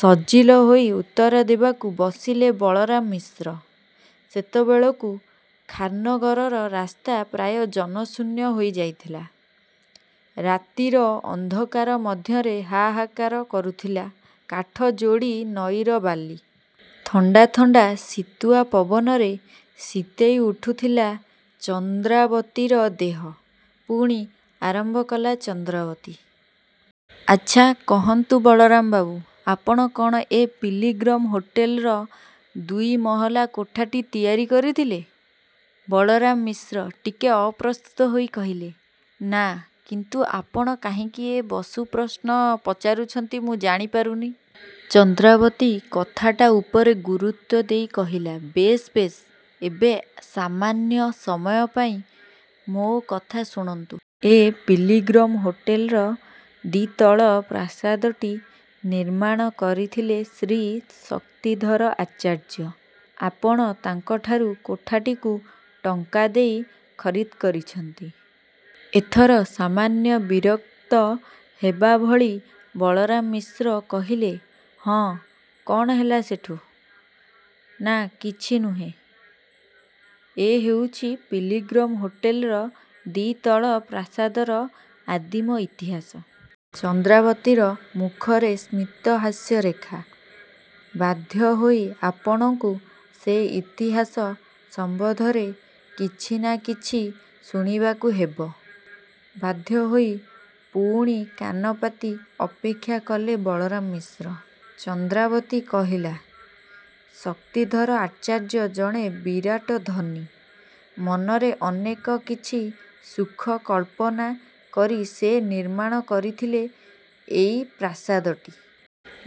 ସଜିଲ ହୋଇ ଉତ୍ତର ଦେବାକୁ ବସିଲେ ବଳରାମ ମିଶ୍ର ସେତେବେଳକୁ ଖାନ୍ନଗରର ରାସ୍ତା ପ୍ରାୟ ଜନଶୂନ୍ୟ ହୋଇ ଯାଇଥିଲା ରାତିର ଅନ୍ଧକାର ମଧ୍ୟରେ ହାହାକାର କରୁଥିଲା କାଠଯୋଡ଼ି ନଈର ବାଲି। ଥଣ୍ତା ଥଣ୍ତା ଶୀତୁଆ ପବନରେ ଶୀତେଇ ଉଠୁଥିଲା ଚନ୍ଦ୍ରାବତୀର ଦେହ ପୁଣି। ଆରମ୍ଭ କଲା ଚନ୍ଦ୍ରାବତୀ ''ଆଚ୍ଛା କହନ୍ତୁ ବଳରାମ ବାବୁ! ଆପଣ କ'ଣ ଏ ପିଲ୍ଗ୍ରିମ ହୋଟେଲର ଦୁଇ ମହଲା କୋଠାଟି ତିଆରି କରିଥିଲେ? '' ବଳରାମ ମିଶ୍ର ଟିକେ ଅପ୍ରସ୍ତୁତ ହୋଇ କହିଲେ-''ନାଁ କିନ୍ତୁ ଆପଣ କାହିଁକି ଏ ବସୁ ପ୍ରଶ୍ନ ପଚାରୁଛନ୍ତି ମୁଁ ଜାଣି ପାରୁନି। '' ଚନ୍ଦ୍ରାବତୀ କଥାଟା ଉପରେ ଗୁରୁତ୍ୱ ଦେଇ କହିଲା -''ବେଶ୍ ବେଶ୍ ଏବେ ସାମାନ୍ୟ ସମୟ ପାଇଁ ମୋ କଥା ଶୁଣନ୍ତୁ। ଏଇ ପିଲ୍ଗ୍ରିମ୍ ହୋଟେଲର ଦ୍ୱିତଳ ପ୍ରାସାଦଟି ନିର୍ମାଣ କରିଥିଲେ ଶ୍ରୀ ଶକ୍ତିଧର ଆଚାର୍ଯ୍ୟ। ଆପଣ ତାଙ୍କଠାରୁ କୋଠାଟିକୁ ଟଙ୍କା ଦେଇ ଖରିଦ୍କରିଛନ୍ତି। '' ଏଥର ସାମାନ୍ୟ ବିରକ୍ତ ହେବା ଭଳି ବଳରାମ ମିଶ୍ର କହିଲେ-''ହଁ କ'ଣ ହେଲା ସେଠୁ? '' ''ନାଁ କିଛି ନୁହେ। ଏ ହେଉଛି ପିଲ୍ଗ୍ରିମ ହୋଟେଲ ଦ୍ୱିତଳ ପ୍ରାସାଦର ଆଦିମ ଇତିହାସ। '' ଚନ୍ଦ୍ରାବତୀର ମୁଖରେ ସ୍ମିତ ହାସ୍ୟରେଖା। ବାଧ୍ୟ ହୋଇ ଆପଣଙ୍କୁ ସେ ଇତିହାସ ସମ୍ୱନ୍ଧରେ କିଛି ନାଁ କିଛି ଶୁଣିବାକୁ ହେବ। ବାଧ୍ୟ ହୋଇ ପୁଣି କାନପାତି ଅପେକ୍ଷା କଲେ ବଳରାମ ମିଶ୍ର ଚନ୍ଦ୍ରାବତୀ କହିଲା-''ଶକ୍ତିଧର ଆଚାର୍ଯ୍ୟ ଜଣେ ବିରାଟ ଧନୀ। ମନରେ ଅନେକ କିଛି ସୁଖ କଳ୍ପନା କରି ସେ ନିର୍ମାଣ କରିଥିଲେ ଏଇ ପ୍ରାସାଦଟି।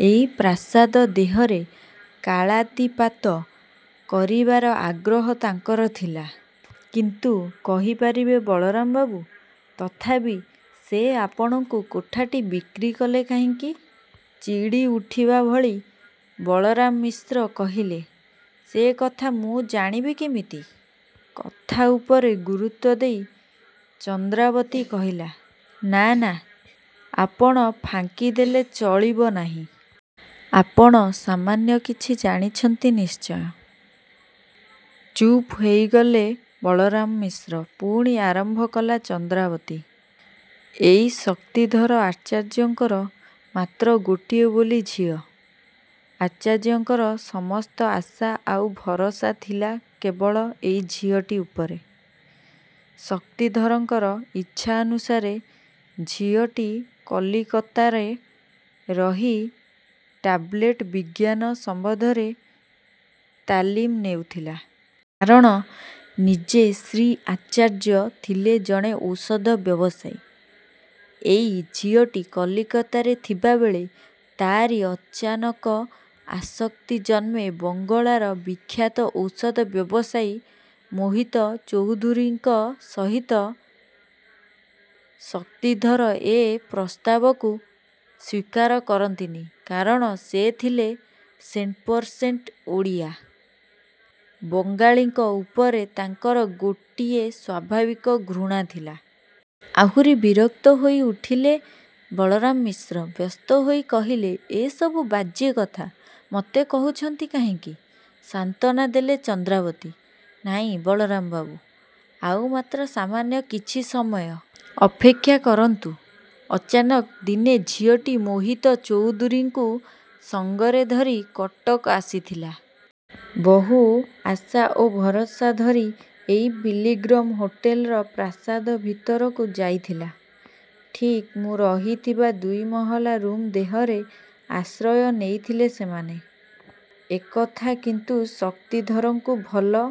ଏଇ ପ୍ରାସାଦ ଦେହରେ କାଳାତୀପାତ କରିବାର ଆଗ୍ରହ ତାଙ୍କର ଥିଲା-। କିନ୍ତୁ କହି ପାରିବେ ବଳରାମ ବାବୁ ତଥାପି ସେ ଆପଣଙ୍କୁ କୋଠାଟି ବିକ୍ରୀ କଲେ କାହିଁକି? '' ଚିଡ଼ି ଉଠିବା ଭଳି ବଳରାମ ମିଶ୍ର କହିଲେ-''ସେ କଥା ମୁଁ ଜାଣିବି କେମିତି? '' କଥା ଉପରେ ଗୁରୁତ୍ୱ ଦେଇ ଚନ୍ଦ୍ରାବତୀ କହିଲା-''ନାଁ ନାଁ ଆପଣ ଫାଙ୍କି ଦେଲେ ଚଳିବ ନାହିଁ। ଆପଣ ସାମାନ୍ୟ କିଛି ଜାଣିଛନ୍ତି ନିଶ୍ଚୟ '' ଚୁପ୍ ହେଇଗଲେ ବଳରାମ ମିଶ୍ର ପୁଣି ଆରମ୍ଭ କଲା ଚନ୍ଦ୍ରାବତୀ-''ଏଇ ଶକ୍ତିଧର ଆଚାର୍ଯ୍ୟଙ୍କର ମାତ୍ର ଗୋଟିଏ ବୋଲି ଝିଅ। ଆଚାର୍ଯ୍ୟଙ୍କର ସମସ୍ତ ଆଶା ଆଉ ଭରସା ଥିଲା କେବଳ ଏଇ ଝିଅଟି ଉପରେ। ଶକ୍ତିଧରଙ୍କର ଇଚ୍ଛାନୁସାରେ ଝିଅଟି କଲିକତାରେ ରହି ଟାବ୍ଲେଟ୍ ବିଜ୍ଞାନ ସମ୍ୱନ୍ଧରେ ତାଲିମ୍ ନେଉଥିଲା। କାରଣ-ନିଜେ ଶ୍ରୀ ଆଚାର୍ଯ୍ୟ ଥିଲେ ଜଣେ ଔଷଧ ବ୍ୟବସାୟୀ। ଏଇ ଝିଅଟି କଲିକତାରେ ଥିବାବେଳେ ତା'ରି ଅଚାନକ ଆସକ୍ତି ଜନ୍ମେ ବଙ୍ଗଳାର ବିଖ୍ୟାତ ଔଷଧ ବ୍ୟବସାୟୀ ମୋହିତ ଚୌଧୁରୀଙ୍କ ସହିତ। ଶକ୍ତିଧର ଏ ପ୍ରସ୍ତାବକୁ ସ୍ୱୀକାର କରନ୍ତିନି କାରଣ ସେ ଥିଲେ ସେଣ୍ଟପରସେଣ୍ଟ ଓଡ଼ିଆ। ବଙ୍ଗାଳୀଙ୍କ ଉପରେ ତାଙ୍କର ଗୋଟିଏ ସ୍ୱଭାବିକ ଘୃଣା ଥିଲା। '' ଆହୁରି ବିରକ୍ତ ହୋଇ ଉଠିଲେ ବଳରାମ ମିଶ୍ର ବ୍ୟସ୍ତ ହୋଇ କହିଲେ ''ଏ ସବୁ ବାଜେ କଥା ମୋତେ କହୁଛନ୍ତି କାହିଁକି? '' ସାନ୍ତ୍ୱନା ଦେଲା ଚନ୍ଦ୍ରାବତୀ ''ନାଇଁ ବଳରାମ ବାବୁ ଆଉ ମାତ୍ର ସାମାନ୍ୟ କିଛି ସମୟ ଅପେକ୍ଷା କରନ୍ତୁ। '' ଅଚାନକ ଦିନେ ଝିଅଟି ମୋହିତ ଚୌଧୁରୀଙ୍କୁ ସଙ୍ଗରେ ଧରି କଟକ ଆସିଥିଲା। ବହୁ ଆଶା ଓ ଭରସା ଧରି ଏଇ ପିଲ୍ଗ୍ରିମ ହୋଟେଲର ପ୍ରାସାଦ ଭିତରକୁ ଯାଇଥିଲା। ଠିକ୍ ମୁଁ ରହିଥିବା ଦୁଇମହଲା ରୁମ୍ ଦେହରେ ଆଶ୍ରୟ ନେଇଥିଲେ ସେମାନେ। ଏକଥା କିନ୍ତୁ ଶକ୍ତିଧରଙ୍କୁ ଭଲ